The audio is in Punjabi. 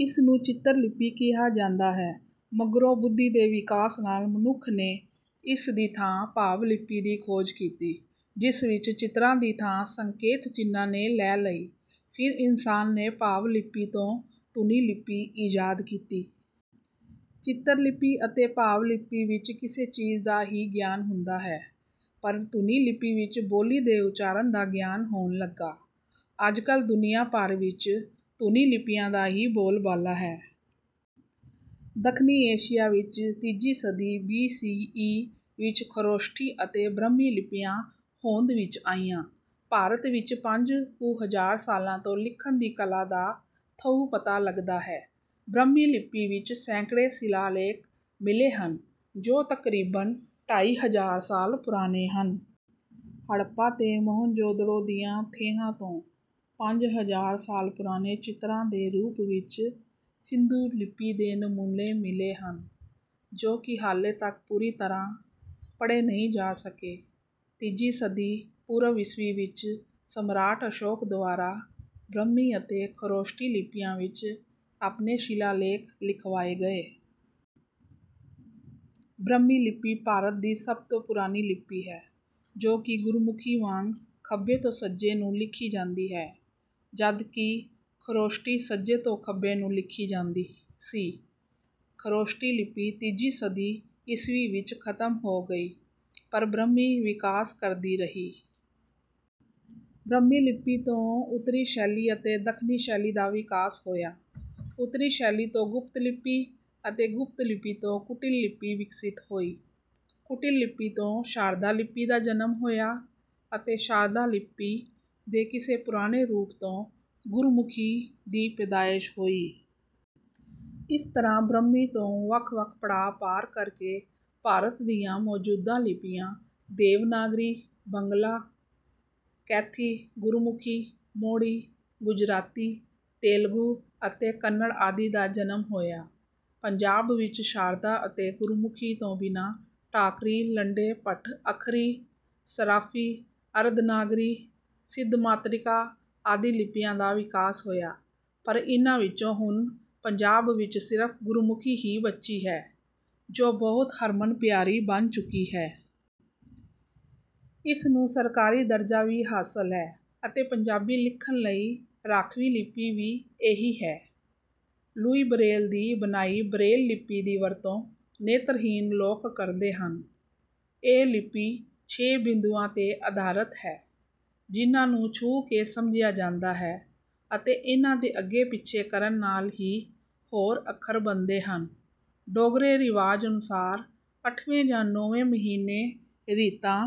ਇਸਨੂੰ 'ਚਿਤਰ ਲਿਪੀ' ਕਿਹਾ ਜਾਂਦਾ ਹੈ। ਮਗਰੋਂ ਬੁੱਧੀ ਦੇ ਵਿਕਾਸ ਨਾਲ਼ ਮਨੁੱਖ ਨੇ ਇਸ ਦੀ ਥਾਂ 'ਭਾਵ ਲਿਪੀ' ਦੀ ਖੋਜ ਕੀਤੀ, ਜਿਸ ਵਿੱਚ ਚਿਤਰਾਂ ਦੀ ਥਾਂ ਸੰਕੇਤ-ਚਿੰਨ੍ਹਾਂ ਨੇ ਲੈ ਲਈ। ਫਿਰ ਇਨਸਾਨ ਨੇ 'ਭਾਵ ਲਿਪੀ' ਤੋਂ 'ਧੁਨੀ ਲਿਪੀ' ਈਜਾਦ ਕੀਤੀ। 'ਚਿਤਰ ਲਿਪੀ' ਅਤੇ 'ਭਾਵ ਲਿਪੀ' ਵਿੱਚ ਕਿਸੇ ਚੀਜ਼ ਦਾ ਹੀ ਗਿਆਨ ਹੁੰਦਾ ਹੈ, ਪਰ 'ਧੁਨੀ ਲਿਪੀ' ਵਿੱਚ ਬੋਲੀ ਦੇ ਉਚਾਰਣ ਦਾ ਗਿਆਨ ਹੋਣ ਲੱਗਾ। ਅੱਜ-ਕੱਲ੍ਹ ਦੁਨੀਆਂ ਭਰ ਵਿੱਚ 'ਧੁਨੀ' ਲਿਪੀਆਂ ਦਾ ਹੀ ਬੋਲਬਾਲਾ ਹੈ। ਦੱਖਣੀ ਏਸ਼ੀਆ ਵਿੱਚ ਤੀਜੀ ਸਦੀ ਬੀ. ਸੀ. ਈ. ਵਿੱਚ ਖ਼ਰੋਸ਼ਠੀ ਅਤੇ ਬ੍ਰਹਮੀ ਲਿਪੀਆਂ ਹੋਂਦ ਵਿੱਚ ਆਈਆਂ। ਭਾਰਤ ਵਿੱਚ ਪੰਜ ਕੁ ਹਜ਼ਾਰ ਸਾਲਾਂ ਤੋਂ ਲਿਖਣ ਦੀ ਕਲਾ ਦਾ ਥਹੁ-ਪਤਾ ਲੱਗਦਾ ਹੈ। ਬ੍ਰਹਮੀ ਲਿਪੀ ਵਿੱਚ ਸੈਂਕੜੇ ਸ਼ਿਲਾਲੇਖ ਮਿਲੇ ਹਨ, ਜੋ ਤਕਰੀਬਨ ਢਾਈ ਹਜ਼ਾਰ ਸਾਲ ਪੁਰਾਣੇ ਹਨ। ਹੜੱਪਾ ਤੇ ਮੋਹਿੰਜੋਦੜੋ ਦੀਆਂ ਥੇਹਾਂ ਤੋਂ ਪੰਜ ਹਜ਼ਾਰ ਸਾਲ ਪੁਰਾਣੇ ਚਿਤਰਾਂ ਦੇ ਰੂਪ ਵਿੱਚ ਸਿੰਧੂ ਲਿਪੀ ਦੇ ਨਮੂਨੇ ਮਿਲੇ ਹਨ, ਜੋ ਕਿ ਹਾਲੇ ਤੱਕ ਪੂਰੀ ਤਰ੍ਹਾਂ ਪੜ੍ਹੇ ਨਹੀਂ ਜਾ ਸਕੇ। ਤੀਜੀ ਸਦੀ ਪੂਰਵ-ਈਸਵੀ ਵਿੱਚ ਸਮਰਾਟ ਅਸ਼ੋਕ ਦੁਆਰਾ ਬ੍ਰਹਮੀ ਅਤੇ ਖ਼ਰੋਸ਼ਠੀ ਲਿਪੀਆਂ ਵਿੱਚ ਆਪਣੇ ਸ਼ਿਲਾਲੇਖ ਲਿਖਵਾਏ ਗਏ। ਬ੍ਰਹਮੀ ਲਿਪੀ ਭਾਰਤ ਦੀ ਸਭ ਤੋਂ ਪੁਰਾਣੀ ਲਿਪੀ ਹੈ, ਜੋ ਕਿ ਗੁਰਮੁਖੀ ਵਾਂਗ ਖੱਬੇ ਤੋਂ ਸੱਜੇ ਨੂੰ ਲਿਖੀ ਜਾਂਦੀ ਹੈ, ਜਦਕਿ ਖ਼ਰੋਸ਼ਠੀ ਸੱਜੇ ਤੋਂ ਖੱਬੇ ਨੂੰ ਲਿਖੀ ਜਾਂਦੀ ਸੀ। ਖ਼ਰੋਸ਼ਠੀ ਲਿਪੀ ਤੀਜੀ ਸਦੀ ਈਸਵੀ ਵਿੱਚ ਖ਼ਤਮ ਹੋ ਗਈ, ਪਰ ਬ੍ਰਹਮੀ ਵਿਕਾਸ ਕਰਦੀ ਰਹੀ। ਬ੍ਰਹਮੀ ਲਿਪੀ ਤੋਂ ਉੱਤਰੀ ਸ਼ੈਲੀ ਅਤੇ ਦੱਖਣੀ ਸ਼ੈਲੀ ਦਾ ਵਿਕਾਸ ਹੋਇਆ। ਉੱਤਰੀ ਸ਼ੈਲੀ ਤੋਂ ਗੁਪਤ ਲਿਪੀ ਅਤੇ ਗੁਪਤ ਲਿਪੀ ਤੋਂ ਕੁਟਿਲ ਲਿਪੀ ਵਿਕਸਿਤ ਹੋਈ। ਕੁਟਿਲ ਲਿਪੀ ਤੋਂ ਸ਼ਾਰਦਾ ਲਿਪੀ ਦਾ ਜਨਮ ਹੋਇਆ ਅਤੇ ਸ਼ਾਰਦਾ ਲਿਪੀ ਦੇ ਕਿਸੇ ਪੁਰਾਣੇ ਰੂਪ ਤੋਂ ਗੁਰਮੁਖੀ ਦੀ ਪੈਦਾਇਸ਼ ਹੋਈ। ਇਸ ਤਰ੍ਹਾਂ ਬ੍ਰਹਮੀ ਤੋਂ ਵੱਖ-ਵੱਖ ਪੜਾਅ ਪਾਰ ਕਰ ਕੇ ਭਾਰਤ ਦੀਆਂ ਮੌਜੂਦਾ ਲਿਪੀਆਂ- ਦੇਵਨਾਗਰੀ, ਬੰਗਲਾ, ਕੈਥੀ, ਗੁਰਮੁਖੀ, ਮੋੜੀ, ਗੁਜਰਾਤੀ, ਤੇਲਗੂ ਅਤੇ ਕੰਨੜ ਆਦਿ ਦਾ ਜਨਮ ਹੋਇਆ। ਪੰਜਾਬ ਵਿੱਚ ਸ਼ਾਰਦਾ ਅਤੇ ਗੁਰਮੁਖੀ ਤੋਂ ਬਿਨਾਂ ਟਾਕਰੀ, ਲੰਡੇ, ਭੱਟ ਅੱਖਰੀ, ਸਰਾਫ਼ੀ, ਅਰਧ-ਨਾਗਰੀ, ਸਿੱਧ-ਮਾਤ੍ਰਿਕਾ ਆਦਿ ਲਿਪੀਆਂ ਦਾ ਵਿਕਾਸ ਹੋਇਆ ਪਰ ਇਹਨਾਂ ਵਿੱਚੋਂ ਹੁਣ ਪੰਜਾਬ ਵਿੱਚ ਸਿਰਫ਼ ਗੁਰਮੁਖੀ ਹੀ ਬਚੀ ਹੈ, ਜੋ ਬਹੁਤ ਹਰਮਨ-ਪਿਆਰੀ ਬਣ ਚੁੱਕੀ ਹੈ। ਇਸ ਨੂੰ ਸਰਕਾਰੀ ਦਰਜਾ ਵੀ ਹਾਸਲ ਹੈ ਅਤੇ ਪੰਜਾਬੀ ਲਿਖਣ ਲਈ ਰਾਖਵੀਂ ਲਿਪੀ ਵੀ ਇਹੀ ਹੈ। ਲੂਈ ਬਰੇਲ ਦੀ ਬਣਾਈ ਬਰੇਲ ਲਿਪੀ ਦੀ ਵਰਤੋਂ ਨੇਤਰਹੀਣ ਲੋਕ ਕਰਦੇ ਹਨ। ਇਹ ਲਿਪੀ ਛੇ ਬਿੰਦੂਆਂ 'ਤੇ ਅਧਾਰਤ ਹੈ ਜਿਨ੍ਹਾਂ ਨੂੰ ਛੂਹ ਕੇ ਸਮਝਿਆ ਜਾਂਦਾ ਹੈ ਅਤੇ ਇਹਨਾਂ ਦੇ ਅੱਗੇ-ਪਿੱਛੇ ਕਰਨ ਨਾਲ਼ ਹੀ ਹੋਰ ਅੱਖਰ ਬਣਦੇ ਹਨ। ਡੋਗਰੇ ਰਿਵਾਜ਼ ਅਨੁਸਾਰ ਅੱਠਵੇਂ ਜਾਂ ਨੌਵੇਂ ਮਹੀਨੇ ਰੀਤਾਂ